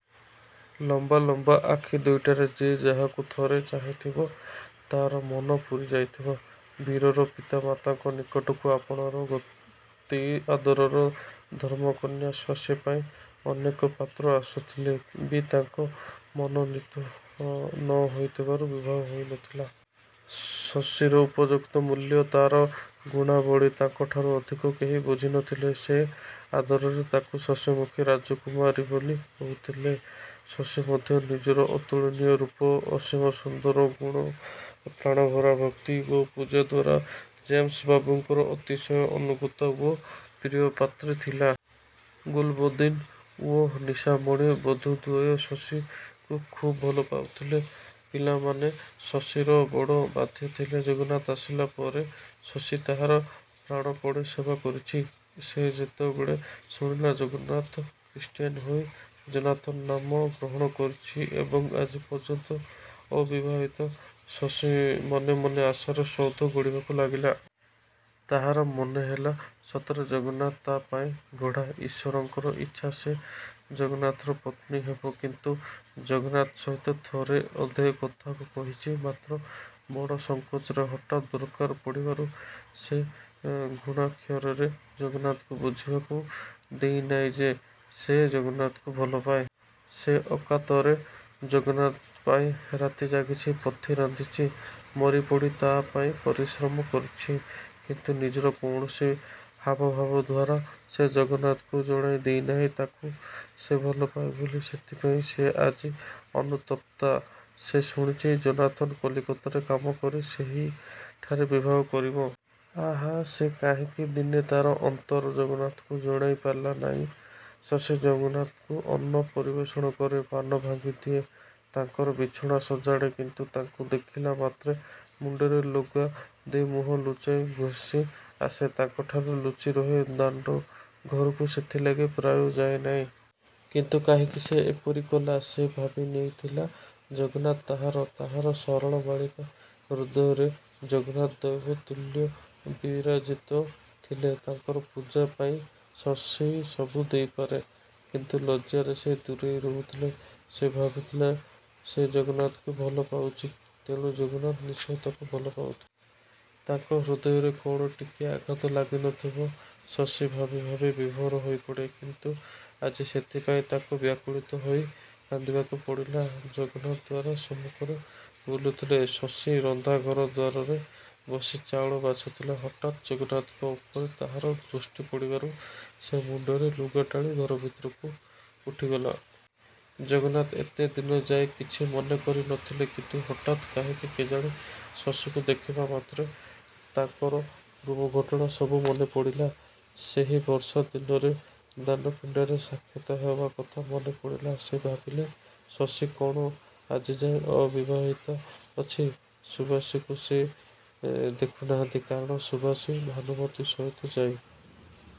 ଲମ୍ୱା ଲମ୍ୱା ଆଖି ଦୁଇଟାରେ ସେ ଯାହାକୁ ଥରେ ଚାହିଁଥିବ, ତାର ମନ ପୂରି ଯାଇଥିବ। ବୀରର ପିତାମାତାଙ୍କ ନିକଟକୁ ଆପଣାର ଅତି ଆଦରର ଧର୍ମକନ୍ୟା ଶଶୀ ପାଇଁ ଅନେକ ପାତ୍ର ଆସୁଥିଲେ ବି ତାଙ୍କ ମନୋନୀତ ନ ହୋଇଥିବାରୁ ବିବାହ ହୋଇ ନ ଥିଲା। ଶଶୀର ଉପଯୁକ୍ତ ମୂଲ୍ୟ, ତାର ଗୁଣାବଳୀ ତାଙ୍କଠାରୁ ଅଧିକ କେହି ବୁଝି ନ ଥିଲା। ସେ ଆଦରରେ ତାକୁ 'ଶଶୀମୁଖୀ ରାଜକୁମାରୀ' ବୋଲି କହୁଥିଲେ। ଶଶୀ ମଧ୍ୟ ନିଜର ଅତୁଳନୀୟ ରୂପ, ଅସୀମ ସୁନ୍ଦର ଗୁଣ, ପ୍ରାଣଭରା ଭକ୍ତି ଓ ପୂଜାଦ୍ୱାରା ଯେମସ୍ ବାବୁଙ୍କର ଅତିଶୟ ଅନୁଗତା ଓ ପ୍ରିୟପାତ୍ରୀ ଥିଲା। ଗୁଲ୍ ବଦନୀ ଓ ନିଶାମଣି ବଧୂଦ୍ୱୟ ଶଶୀକୁ ଖୁବ ଭଲପାଉଥିଲେ ପିଲାମାନେ ଶଶୀର ବଡ଼ ବାଧ୍ୟ ଥିଲେ। ଜଗନ୍ନାଥ ଆସିଲା ପରେ ଶଶୀ ତାହାର ପ୍ରାଣପଣେ ସେବା କରିଛି। ସେ ଯେତେବେଳେ ଶୁଣିଲା, ଜଗନ୍ନାଥ ଖ୍ରୀଷ୍ଟିୟାନ୍ ହୋଇ ଯୋନାଥନ ନାମ ଗ୍ରହଣ କରିଛି ଏବଂ ଆଜିପର୍ଯ୍ୟନ୍ତ ଅବିବାହିତ, ଶଶୀ ମନେ ମନେ ଆଶାର ସୌଧ ଗଢ଼ିବାକୁ ଲାଗିଲା। ତାହାର ମନେ ହେଲା ସତରେ ଜଗନ୍ନାଥ ତା' ପାଇଁ ଗଢ଼ା। ଈଶ୍ୱରଙ୍କର ଇଛା ସେ ଜଗନ୍ନାଥର ପତ୍ନୀ ହେବ। କିନ୍ତୁ ଜଗନ୍ନାଥ ସହିତ ଥରେ ଅଧେ କଥା କହିଛି ମାତ୍ର; ବଡ଼ ସଂକୋଚରେ, ହଠାତ୍ ଦରକାର ପଡ଼ିବାରୁ। ସେ ଘୁଣାକ୍ଷରରେ ଜଗନ୍ନାଥଙ୍କୁ ବୁଝିବାକୁ ଦେଇନାଇଁ ଯେ, ସେ ଜଗନ୍ନାଥକୁ ଭଲପାଏ। ସେ ଅକାତରେ ଜଗନ୍ନାଥ ପାଇଁ ରାତି ଜାଗିଛି, ପଥି ରାନ୍ଧିଛି। ମରିପଡ଼ି ତାହାପାଇଁ ପରିଶ୍ରମ କରିଛି। କିନ୍ତୁ ନିଜର କୌଣସି ହାବଭାବ ଦ୍ୱାରା ସେ ଜଗନ୍ନାଥଙ୍କୁ ଜଣାଇ ଦେଇ ନାହିଁ, ତାକୁ ସେ ଭଲ ପାଏ ବୋଲି। ସେଥିପାଇଁ ସେ ଆଜି ଅନୁତପ୍ତା। ସେ ଶୁଣିଛି, ଯୋନାଥନ କଲିକତାରେ କାମ କରି ସେହିଠାରେ ବିବାହ କରିବ। ଆହା, ସେ କାହିଁକି ଦିନେ ତାର ଅନ୍ତର ଜଗନ୍ନାଥକୁ ଜଣାଇ ପାରିଲା ନାଇଁ। ଶଶୀ ଜଗନ୍ନାଥକୁ ଅନ୍ନ ପରିବେଷଣ କରେ, ପାନ ଭାଙ୍ଗି ଦିଏ, ତାଙ୍କର ବିଛଣା ସଜାଡ଼େ। କିନ୍ତୁ ତାଙ୍କୁ ଦେଖିଲା ମାତ୍ରେ ମୁଣ୍ଡରେ ଲୁଗାଦେଇ ମୁହଁ ଲୁଚାଇ ଘୁଞ୍ଚିଆସେ। ତାଙ୍କଠାରୁ ଲୁଚି ରହେ, ଦାଣ୍ଡ ଘରକୁ ସେଥିଲାଗି ପ୍ରାୟ ଯାଏନାଇଁ। କିନ୍ତୁ କାହିଁକି ସେ ଏପରି କଲା? ସେ ଭାବିନେଇଥିଲା ଜଗନ୍ନାଥ ତାହାର। ତାହାର ସରଳ ବାଳିକା ହୃଦୟରେ ଜଗନ୍ନାଥ ଦେବତୁଲ୍ୟ ବିରାଜିତ ଥିଲେ। ତାଙ୍କର ପୂଜାପାଇଁ ଶଶୀ ସବୁ ଦେଇପାରେ; କିନ୍ତୁ ଲଜ୍ଜାରେ ସେ ଦୂରେଇ ରହୁଥିଲା। ସେ ଭାବିଥିଲା ସେ ଜଗନ୍ନାଥଙ୍କୁ ଭଲ ପାଉଚି; ତେଣୁ ଜଗନ୍ନାଥ ନିଶ୍ଚୟ ତାକୁ ଭଲ ପାଉଥିବେ। ତାଙ୍କ ହୃଦୟରେ କ'ଣ ଟିକିଏ ଆଘାତ ଲାଗି ନ ଥିବ। ଶଶୀ ଭାବି ଭାବି ବିଭୋର ହେଇପଡ଼େ। କିନ୍ତୁ ଆଜି ସେଥିପାଇଁ ତାକୁ ବ୍ୟାକୁଳିତା ହୋଇ କାନ୍ଦିବାକୁ ପଡ଼ିଲା। ଜଗନ୍ନାଥ ଦ୍ୱାର ସମ୍ମୁଖରେ ବୁଲୁଥିଲେ। ଶଶୀ ରନ୍ଧାଘର ଦ୍ୱାରରେ ବସି ଚାଉଳ ବାଛୁଥିଲା। ହଠାତ୍ ଜଗନ୍ନାଥଙ୍କ ଉପରେ ତାହାର ଦୃଷ୍ଟି ପଡ଼ିବାରୁ ସେ ମୁଣ୍ତରେ ଲୁଗାଟାଣି ଘରଭିତରକୁ ଉଠିଗଲା। ଜଗନ୍ନାଥ ଏତେ ଦିନ ଯାଏ କିଛି ମନେକରି ନଥିଲେ। କିନ୍ତୁ ହଠାତ୍ କାହିଁକି କେଜାଣି ଶଶୀକୁ ଦେଖିବାମାତ୍ରେ ତାଙ୍କର ପୂର୍ବର ଘଟଣା ସବୁ ମନେ ପଡ଼ିଲା। ସେହି ବର୍ଷା ଦିନରେ ଦାଣ୍ଡପିଣ୍ଡାରେ ସାକ୍ଷାତ ହେବା କଥା ମନେ ପଡ଼ିଲା। ସେ ଭାବିଲେ, ଶଶୀ କ'ଣ ଆଜିଯାଏ ଅବିବାହିତା ଅଛି? ସୁବାସୀକୁ ସେ ଦେଖୁ ନାହାନ୍ତି। କାରଣ ସୁବାସୀ, ଭାନୁମତୀ ସହିତ ଯାଇ